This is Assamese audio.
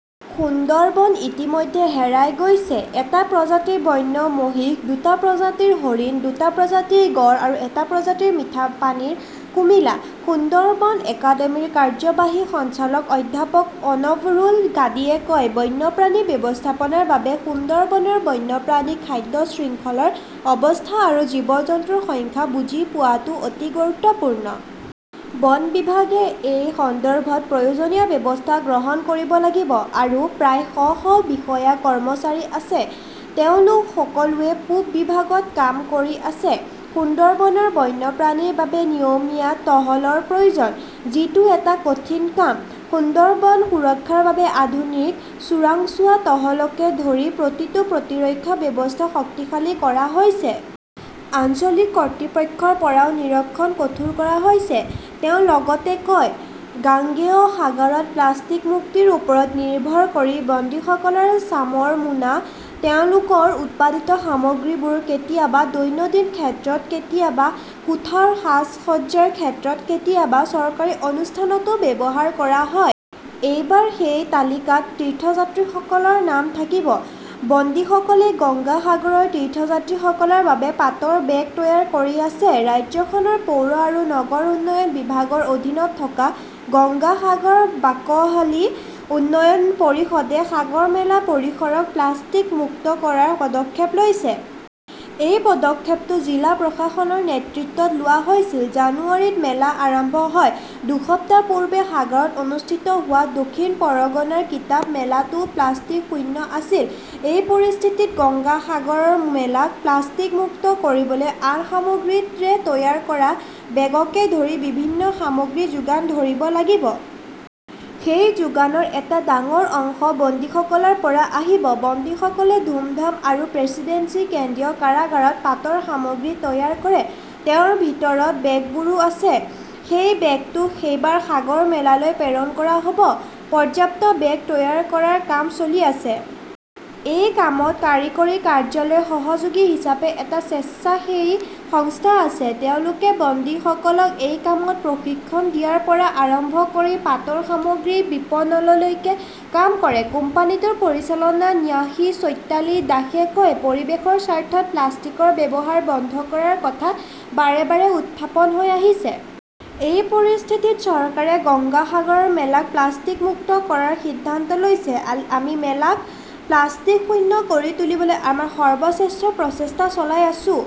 সুন্দৰবন ইতিমধ্যে হেৰাই গৈছে, এটা প্ৰজাতিৰ বন্য মহিষ, দুটা প্ৰজাতিৰ হৰিণ, দুটা প্ৰজাতিৰ গঁড় আৰু এটা প্ৰজাতিৰ মিঠা পানীৰ কুমিলা। সুন্দৰবন একাডেমীৰ কাৰ্যবাহী সঞ্চালক অধ্যাপক অনৱৰুল কাদিয়ে কয়, বন্যপ্ৰাণী ব্যৱস্থাপনাৰ বাবে সুন্দৰবনৰ বন্যপ্ৰাণী খাদ্য শৃংখলৰ অৱস্থা আৰু জীৱ-জন্তুৰ সংখ্যা বুজি পোৱাটো অতি গুৰুত্বপূৰ্ণ। বন বিভাগে এই সন্দৰ্ভত প্ৰয়োজনীয় ব্যৱস্থা গ্ৰহণ কৰিব লাগিব। আৰু প্ৰায় শ শ বিষয়া-কৰ্মচাৰী আছে। তেওঁলোক সকলোৱে পূব বিভাগত কাম কৰি আছে। সুন্দৰবনৰ বন্যপ্ৰাণীৰ বাবে নিয়মীয়া টহলৰ প্ৰয়োজন। যিটো এটা কঠিন কাম। সুন্দৰবন সুৰক্ষাৰ বাবে আধুনিক চোৰাংচোৱা টহলকে ধৰি প্ৰতিটো প্ৰতিৰক্ষা ব্যৱস্থা শক্তিশালী কৰা হৈছে। আঞ্চলিক কৰ্তৃপক্ষৰ পৰাও নিৰীক্ষণ কঠোৰ কৰা হৈছে, তেওঁ লগতে কয় গাঙ্গেয় সাগৰত প্লাষ্টিক-মুক্তিৰ ওপৰত নিৰ্ভৰ কৰি বন্দীসকলৰ চামৰ মোনা তেওঁলোকৰ উৎপাদিত সামগ্ৰীবোৰ কেতিয়াবা দৈনন্দিন ক্ষেত্ৰত, কেতিয়াবা কোঠাৰ সাজ-সজ্জাৰ ক্ষেত্ৰত, কেতিয়াবা চৰকাৰী অনুষ্ঠানতো ব্যৱহাৰ কৰা হয়। এইবাৰ সেই তালিকাত তীৰ্থযাত্ৰীসকলৰ নাম থাকিব। বন্দীসকলে গংগা সাগৰৰ তীৰ্থযাত্ৰীসকলৰ বাবে পাটৰ বেগ তৈয়াৰ কৰি আছে। ৰাজ্যখনৰ পৌৰ আৰু নগৰ উন্নয়ন বিভাগৰ অধীনত থকা গংগা সাগৰ বাকহালী উন্নয়ন পৰিষদে সাগৰমেলা পৰিসৰক প্লাষ্টিক-মুক্ত কৰাৰ পদক্ষেপ লৈছে। এই পদক্ষেপটো জিলা প্ৰশাসনৰ নেতৃত্বত লোৱা হৈছিল। জানুৱাৰীত মেলা আৰম্ভ হয়। দুসপ্তাহ পূৰ্বে সাগৰত অনুষ্ঠিত হোৱা দক্ষিণ পৰগনাৰ কিতাপ মেলাটোও প্লাষ্টিক-শূন্য আছিল। এই পৰিস্থিতিত গংগা সাগৰ মেলাক প্লাষ্টিক মুক্ত কৰিবলৈ আন সামগ্ৰীৰে তৈয়াৰ কৰা বেগকে ধৰি বিভিন্ন সামগ্ৰী যোগান ধৰিব লাগিব। সেই যোগানৰ এটা ডাঙৰ অংশ বন্দীসকলৰ পৰা আহিব। বন্দীসকলে ধুমধাম আৰু প্ৰেচিডেন্সি কেন্দ্ৰীয় কাৰাগাৰত পাটৰ সামগ্ৰী তৈয়াৰ কৰে। তেওঁৰ ভিতৰত বেগবোৰো আছে। সেই বেগটো এইবাৰ সাগৰমেলালৈ প্ৰেৰণ কৰা হ'ব। পৰ্যাপ্ত বেগ তৈয়াৰ কৰাৰ কাম চলি আছে। এই কামত কাৰিকৰী কাৰ্যালয়ৰ সহযোগী হিচাপে এটা স্বেচ্ছাসেৱী সংস্থা আছে। তেওঁলোকে বন্দীসকলক এই কামত প্ৰশিক্ষণ দিয়াৰ পৰা আৰম্ভ কৰি পাটৰ সামগ্ৰীৰ বিপণনলৈকে কাম কৰে। কোম্পানীটোৰ পৰিচালনা ন্যাসী চৈতালী দাসে কয় পৰিৱেশৰ স্বাৰ্থত প্লাষ্টিকৰ ব্যৱহাৰ বন্ধ কৰাৰ কথা বাৰে -বাৰে উত্থাপন হৈ আহিছে। এই পৰিস্থিতিত চৰকাৰে গংগা সাগৰ মেলাক প্লাষ্টিক-মুক্ত কৰাৰ সিদ্ধান্ত লৈছে। আমি মেলাক প্লাষ্টিক-শূন্য কৰি তুলিবলৈ আমাৰ সৰ্বশ্ৰেষ্ঠ প্ৰচেষ্টা চলাই আছোঁ।